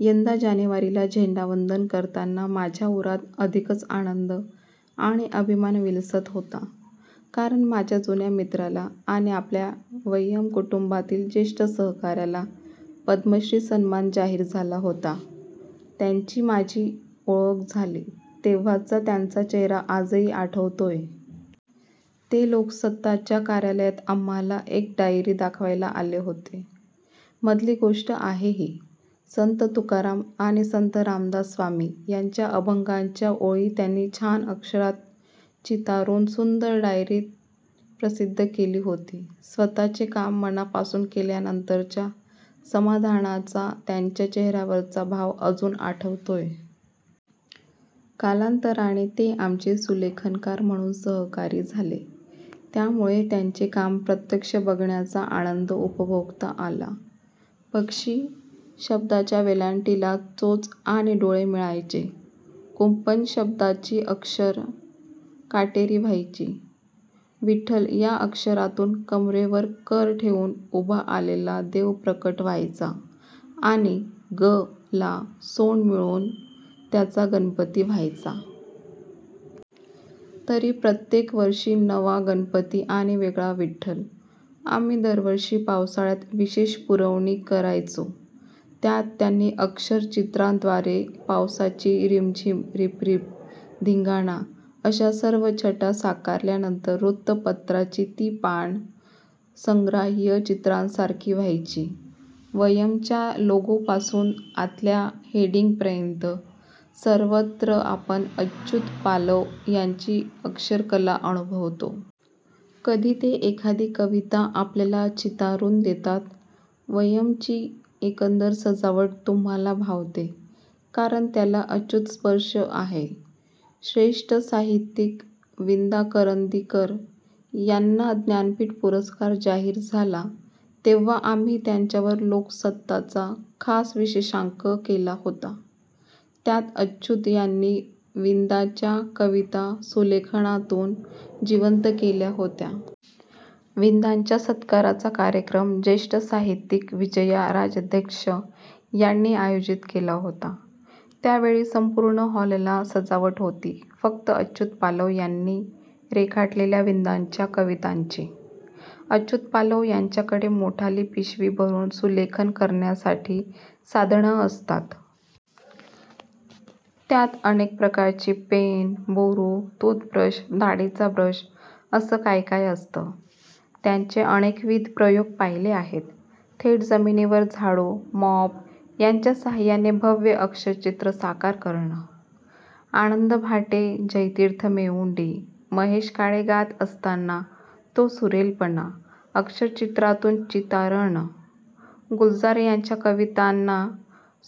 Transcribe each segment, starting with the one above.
यंदा जानेवारीला झेंडावंदन करताना माझ्या उरात अधिकच आनंद आणि अभिमान विलसत होता. कारण माझ्या जुन्या मित्राला आणि आपल्या 'वयम्' कुटुंबातील ज्येष्ठ सहकाऱ्याला पद्मश्री सन्मान जाहीर झाला होता. त्यांची माझी ओळख झाली तेव्हाचा त्यांचा चेहरा आजही आठवतोय. ते 'लोकसत्ता'च्या कार्यालयात आम्हांला एक डायरी दाखवायला आले होते. मधली गोष्ट आहे ही. संत तुकाराम आणि संत रामदास स्वामी यांच्या अभंगांच्या ओळी त्यांनी छान अक्षरात चितारून सुंदर डायरी प्रसिद्ध केली होती. स्वत:चे काम मनापासून केल्यानंतरच्या समाधानाचा त्यांच्या चेहऱ्यावरचा भाव अजून आठवतोय. कालांतराने ते आमचे सुलेखनकार म्हणून सहकारी झाले. त्यामुळे त्यांचे काम प्रत्यक्ष बघण्याचा आनंद उपभोगता आला. 'पक्षी' शब्दाच्या वेलांटीला चोच आणि डोळे मिळायचे. 'कुंपण' शब्दाची अक्षरं काटेरी व्हायची. 'विठ्ठल' या अक्षरांतून कमरेवर कर ठेवून उभा आलेला देव प्रकट व्हायचा आणि 'ग'ला सोंड मिळून त्याचा गणपती व्हायचा. तरी प्रत्येक वर्षी नवा गणपती आणि वेगळा विठ्ठल! आम्ही दरवर्षी पावसाळ्यात विशेष पुरवणी करायचो. त्यात त्यांनी अक्षर-चित्रांद्वारे पावसाची रिमझिम, रिपरिप, धिंगाणा अशा सर्व छटा साकारल्यानंतर वृत्तपत्राची ती पानं संग्राह्य चित्रांसारखी व्हायची. 'वयम्'च्या लोगोपासून आतल्या हेडिंगपर्यंत सर्वत्र आपण अच्युत पालव यांची अक्षर-कला अनुभवतो. कधी ते एखादी कविता आपल्याला चितारून देतात. 'वयम्'ची एकंदर सजावट तुम्हांला भावते, कारण त्याला अच्युत-स्पर्श आहे! श्रेष्ठ साहित्यिक विंदा करंदीकर यांना ज्ञानपीठ पुरस्कार जाहीर झाला तेव्हा आम्ही त्यांच्यावर 'लोकसत्ता'चा खास विशेषांक केला होता, त्यात अच्युत यांनी विंदांच्या कविता सुलेखनातून जिवंत केल्या होत्या. विंदांच्या सत्काराचा कार्यक्रम ज्येष्ठ साहित्यिक विजया राजाध्यक्ष यांनी आयोजित केला होता. त्यावेळी संपूर्ण हॉलला सजावट होती फक्त अच्युत पालव यांनी रेखाटलेल्या विंदांच्या कवितांची! अच्युत पालव यांच्याकडे मोठाली पिशवी भरून सुलेखन करण्यासाठी साधनं असतात. त्यात अनेक प्रकारची पेनं, बोरू, टूथब्रश, दाढीचा ब्रश असं काय काय असतं! त्यांचे अनेकविध प्रयोग पाहिले आहेत. थेट जमिनीवर झाडू, मॉप यांच्या साह्याने भव्य अक्षरचित्र साकार करणं; आनंद भाटे, जयतीर्थ मेवुंडी, महेश काळे गात असताना तो सुरेलपणा अक्षरचित्रांतून चितारणं; गुलजार यांच्या कवितांना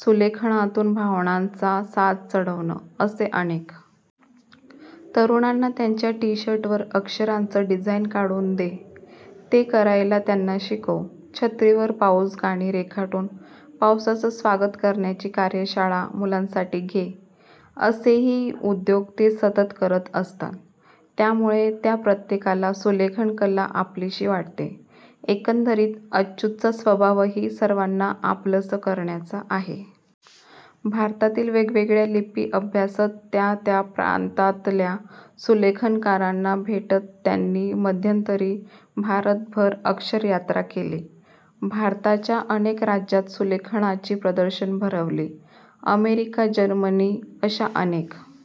सुलेखनांतून भावनांचा साज चढवणं असे अनेक! तरुणांना त्यांच्या टीशर्टवर अक्षरांचं डिझाइन काढून दे, ते करायला त्यांना शिकव, छत्रीवर पाऊसगाणी रेखाटून पावसाचं स्वागत करण्याची कार्यशाळा मुलांसाठी घे- असेही उद्योग ते सतत करत असतात. त्यामुळे त्या प्रत्येकाला सुलेखन-कला आपलीशी वाटते. एकंदरीत अच्युतचा स्वभावही सर्वांना आपलंसं करण्याचा आहे. भारतातील वेगवेगळ्या लिपी अभ्यासत, त्या त्या प्रांतातल्या सुलेखनकारांना भेटत त्यांनी मध्यंतरी भारतभर अक्षर-यात्रा केली. भारताच्या अनेक राज्यांत सुलेखनाची प्रदर्शनं भरवली. अमेरिका, जर्मनी अशा अनेक